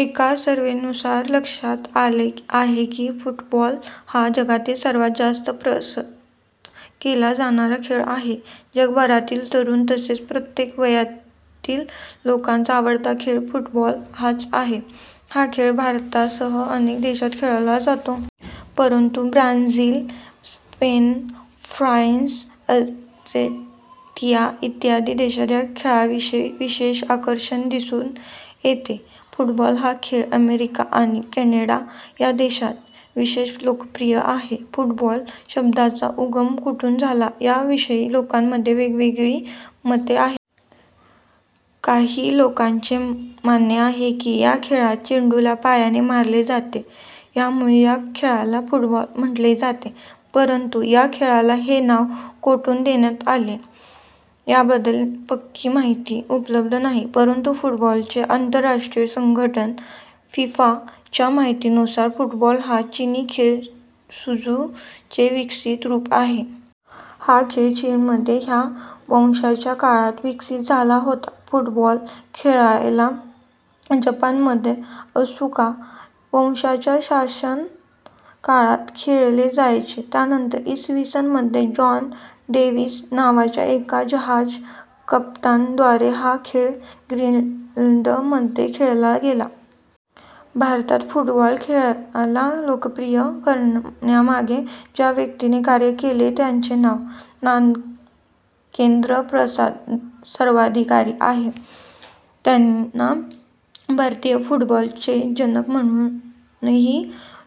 एका सर्व्हेनुसार लक्षात आले आहे की फुटबॉल हा जगातील सर्वात जास्त पसंत केला जाणारा खेळ आहे. जगभरातील तरुण तसेच प्रत्येक वयातील लोकांचा आवडता खेळ फुटबॉल हाच आहे. हा खेळ भारतासह अनेक देशात खेळला जातो. परंतु ब्राझील, स्पेन, फ्रान्स, अर्जेंटिना इत्यादी देशात या खेळाविषयी विशेष आकर्षण दिसून येते. फुटबॉल हा खेळ अमेरिका आणि कॅनडा या देशात विशेष लोकप्रिय आहे. फुटबॉल शब्दाचा उगम कुठून झाला या विषयी लोकांमध्ये वेगवेगळी मते आहेत. काही लोकांचे मानणे आहे की या खेळात चेंडूला पायाने मारले जाते यामुळे या खेळाला फुटबॉल म्हटले जाते. परंतु या खेळाला हे नाव कुठून देण्यात आले याबद्दल पक्की माहिती उपलब्ध नाही. परंतु फुटबॉलचे आंतरराष्ट्रीय संघटन फिफा च्या माहितीनुसार फुटबॉल हा चिनी खेळ सुजू चे विकसित रूप आहे. हा खेळ चीनमध्ये 'ह्यां' वंशाच्या काळात विकसित झाला होता. फुटबॉल खेळायला जपानमध्ये असुका वंशाच्या शासन काळात खेळले जायचे. त्यानंतर इसवीसन मध्ये जॉन डेविस नावाच्या एका जहाज कप्तान द्वारे हा खेळ ग्रीनलँड मध्ये खेळला गेला. भारतात फुटबॉल खेळाला लोकप्रिय करण्यामागे ज्या व्यक्तीने कार्य केले त्यांचे नाव 'नागेन्द्र प्रसाद सर्वाधिकारी' आहे. त्यांना 'भारतीय फुटबॉल चे जनक' म्हणूनही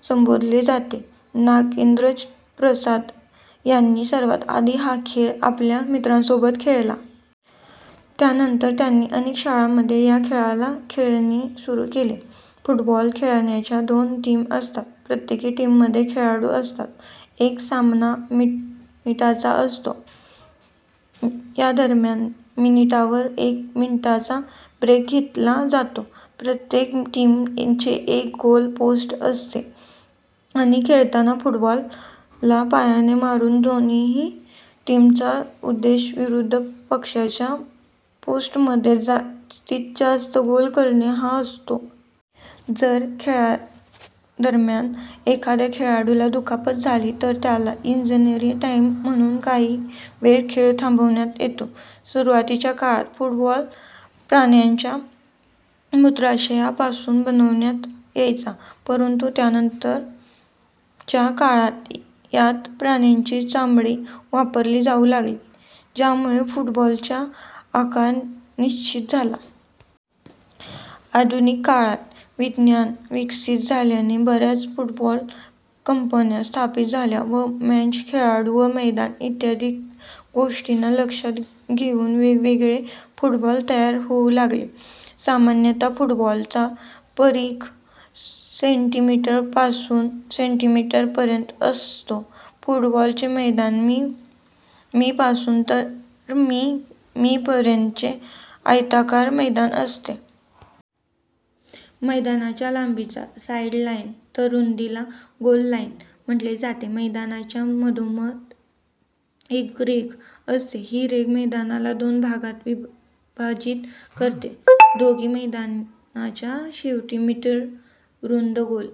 संबोधले जाते. नागेंद्र प्रसाद यांनी सर्वात आधी हा खेळ आपल्या मित्रांसोबत खेळला. त्यानंतर त्यांनी अनेक शाळांमध्ये या खेळाला खेळवणे सुरू केले. फुटबॉल खेळाच्या दोन टीम असतात प्रत्येक टीम मध्ये खेळाडू असतात. एक सामना मिनिटांचा असतो. यादरम्यान मिनिटांवर एक मिनिटांचा ब्रेक घेतला जातो. प्रत्येक टीम चे एक गोल पोस्ट असते आणि खेळताना फुटबॉल ला पायाने मारून दोघीही टीम चा उद्देश विरुद्ध पक्षाच्या पोस्टमध्ये जास्तीत जास्त गोल करणे हा असतो. जर खेळादरम्यान एखाद्या खेळाडूला दुखापत झाली तर त्याला 'इंजरी टाईम' म्हणून काही वेळ खेळ थांबवण्यात येतो. सुरुवातीच्या काळात फुटबॉल प्राण्यांच्या मूत्राशया पासून बनवण्यात यायचा. परंतु नंतरच्या काळात यात प्राण्यांची चामडी वापरली जाऊ लागली, ज्यामुळे फुटबॉलच्या आकार निश्चित झाला. आधुनिक काळात विज्ञान विकसित झाल्याने बऱ्याच फुटबॉल कंपन्या स्थापित झाल्या व मॅच, खेळाडू व मैदान इत्यादी गोष्टींना लक्षात घेऊन वेगवेगळे फुटबॉल तयार होऊ लागले. सामान्यता फुटबॉलचा परीघ सेंटीमीटर पासून सेंटीमीटर पर्यंत असतो. फुटबॉल चे मैदान मी, मी पासून तर मी, मी पर्यंत चे आयताकार मैदान असते. मैदानाच्या लांबीला 'साइड लाइन' तर रुंदीला 'गोल लाईन' म्हटले जाते. मैदानाच्या मधोमध एक रेघ असते ही रेघ मैदानाला दोन भागात विभाजित करते. दोघी मैदानांच्या शेवटी मीटर रुंद गोल